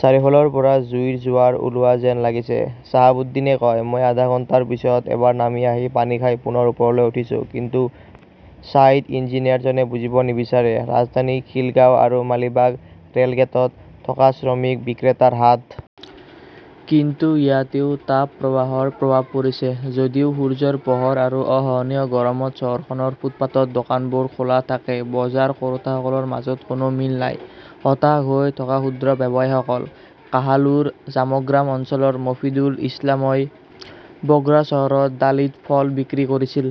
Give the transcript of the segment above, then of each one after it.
"চাৰিওফালৰ পৰা জুইৰ জোৱাৰ ওলোৱা যেন লাগিছে", চাহাবুদ্দিনে কয়। মই আধা ঘণ্টাৰ পিছত এবাৰ নামি আহি পানী খাই পুনৰ ওপৰলৈ উঠিছোঁ। কিন্তু ছাইট ইঞ্জিনিয়াৰজনে বুজিব নিবিচাৰে। "ৰাজধানীৰ খিলগাঁও আৰু মালিবাগ ৰেলগেটত থকা শ্ৰমিক বিক্ৰেতাৰ হাট। কিন্তু ইয়াতও তাপপ্ৰবাহৰ প্ৰভাৱ পৰিছে। যদিও সূৰ্যৰ পোহৰ আৰু অসহনীয় গৰমত চহৰখনৰ ফুটপাতত দোকানবোৰ খোলা থাকে, বজাৰ কৰোঁতাসকলৰ মাজত কোনো মিল নাই, হতাশ হৈ থকা ক্ষুদ্ৰ ব্যৱসায়ীসকল। কাহালুৰ জামগ্ৰাম অঞ্চলৰ মোফিদুল ইছলামই বগ্ৰা চহৰত ডালিত ফল বিক্ৰী কৰিছিল।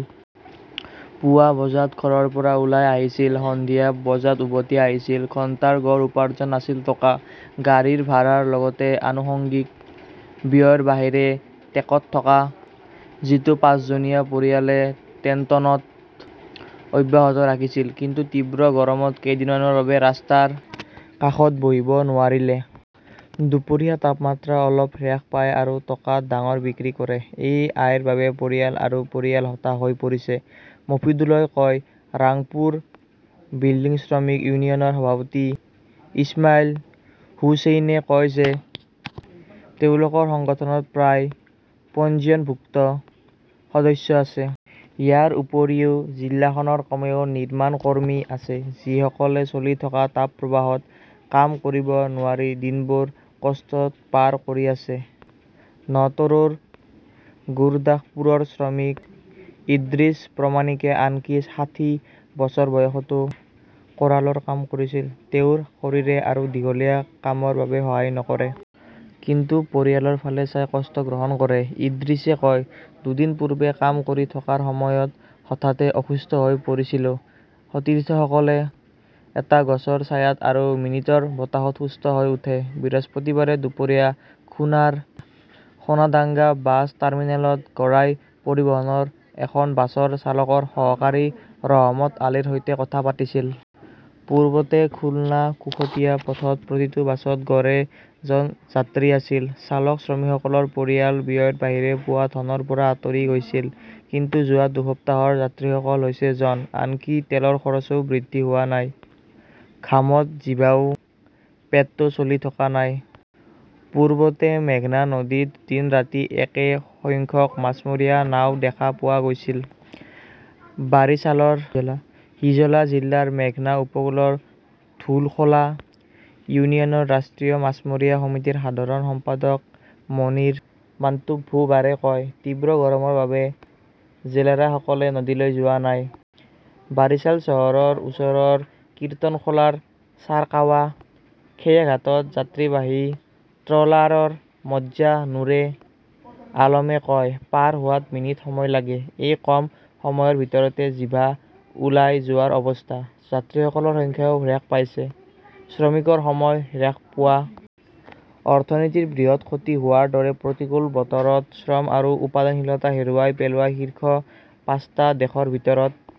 পুৱা বজাত ঘৰৰ পৰা ওলাই আহিছিল; সন্ধিয়া বজাত উভতি আহিছিল। ঘণ্টাৰ গড় উপাৰ্জন আছিল টকা। গাড়ীৰ ভাড়াৰ লগতে আনুষংগিক ব্যয়ৰ বাহিৰে টেকত টকা, যিটো পাঁচজনীয়া পৰিয়ালে টেনটনত অব্যাহত ৰাখিছিল। কিন্তু তীব্ৰ গৰমত কেইদিনমানৰ বাবে ৰাস্তাৰ কাষত বহিব নোৱাৰিলে। দুপৰীয়া তাপমাত্ৰা অলপ হ্ৰাস পায় আৰু টকাত ডাঙৰ বিক্ৰী কৰে। এই আয়ৰ বাবে পৰিয়াল আৰু পৰিয়াল হতাশ হৈ পৰিছে, মোফিদুলই কয়। ৰাংপুৰ বিল্ডিং শ্ৰমিক ইউনিয়নৰ সভাপতি ইছমাইল হুচেইনে কয় যে তেওঁলোকৰ সংগঠনত প্ৰায় পঞ্জীয়নভুক্ত সদস্য আছে। ইয়াৰ উপৰিও, জিলাখনৰ কমেও নিৰ্মাণ কৰ্মী আছে, যিসকলে চলি থকা তাপপ্ৰবাহত কাম কৰিব নোৱাৰি দিনবোৰ কষ্টত পাৰ কৰি আছে। নটোৰৰ গুৰদাসপুৰৰ শ্ৰমিক ইদ্ৰিছ প্ৰমাণিকে আনকি ষাঠি বছৰ বয়সতো কোড়ালৰ কাম কৰিছিল। তেওঁৰ শৰীৰে আৰু দীঘলীয়া কামৰ বাবে সহায় নকৰে। কিন্তু পৰিয়ালৰ ফালে চাই কষ্ট গ্ৰহণ কৰে। ইদ্ৰিছে কয়, "দুদিন পূৰ্বে কাম কৰি থকাৰ সময়ত হঠাতে অসুস্থ হৈ পৰিছিলো। সতীৰ্থসকলে এটা গছৰ ছায়াত আৰু মিনিটৰ বতাহত সুস্থ হৈ উঠে। 'বৃহস্পতিবাৰে দুপৰীয়া খুনাৰ সোনাডাংগা বাছ টাৰ্মিনেলত গৰাই পৰিবহণৰ এখন বাছৰ চালকৰ সহকাৰী ৰহমত আলীৰ সৈতে কথা পাতিছিল। "পূৰ্বতে খুলনা-কুশটিয়া পথত প্ৰতিটো বাছত গড়ে জন যাত্ৰী আছিল। চালক-শ্ৰমিকসকলৰ পৰিয়াল ব্যয়ৰ বাহিৰে পোৱা ধনৰ পৰা আঁতৰি গৈছিল। কিন্তু যোৱা দুসপ্তাহৰ যাত্ৰীসকল হৈছে জন। আনকি তেলৰ খৰচও বৃদ্ধি হোৱা নাই। ঘামত ভিজাও পেটটো চলি থকা নাই। "পূৰ্বতে মেঘনা নদীত দিন-ৰাতি একে সংখ্যক মাছমৰীয়া নাও দেখা পোৱা গৈছিল", বাৰিছালৰ হিজলা জিলাৰ মেঘনা উপকূলৰ ধুলখোলা ইউনিয়নৰ ৰাষ্ট্ৰীয় মাছমৰীয়া সমিতিৰ সাধাৰণ সম্পাদক মনিৰ মাট্টুবাৰে কয়। তীব্ৰ গৰমৰ বাবে জেলেৰাসকলে নদীলৈ যোৱা নাই। "বাৰিছাল চহৰৰ ওচৰৰ কিৰ্তনখোলাৰ চাৰকাৱা খেয়াঘাটত যাত্ৰীবাহী ট্ৰলাৰৰ মজ্জা নুৰে আলমে কয়", পাৰ হোৱাত মিনিট সময় লাগে। এই কম সময়ৰ ভিতৰতে জিভা ওলাই যোৱাৰ অৱস্থা। যাত্ৰীসকলৰ সংখ্যাও হ্ৰাস পাইছে। 'শ্ৰমিকৰ সময় হ্ৰাস পোৱা, অৰ্থনীতিৰ বৃহৎ ক্ষতি হোৱাৰ দৰে প্ৰতিকূল বতৰত শ্ৰম আৰু উৎপাদনশীলতা হেৰুৱাই পেলোৱা শীৰ্ষ পাঁচটা দেশৰ ভিতৰত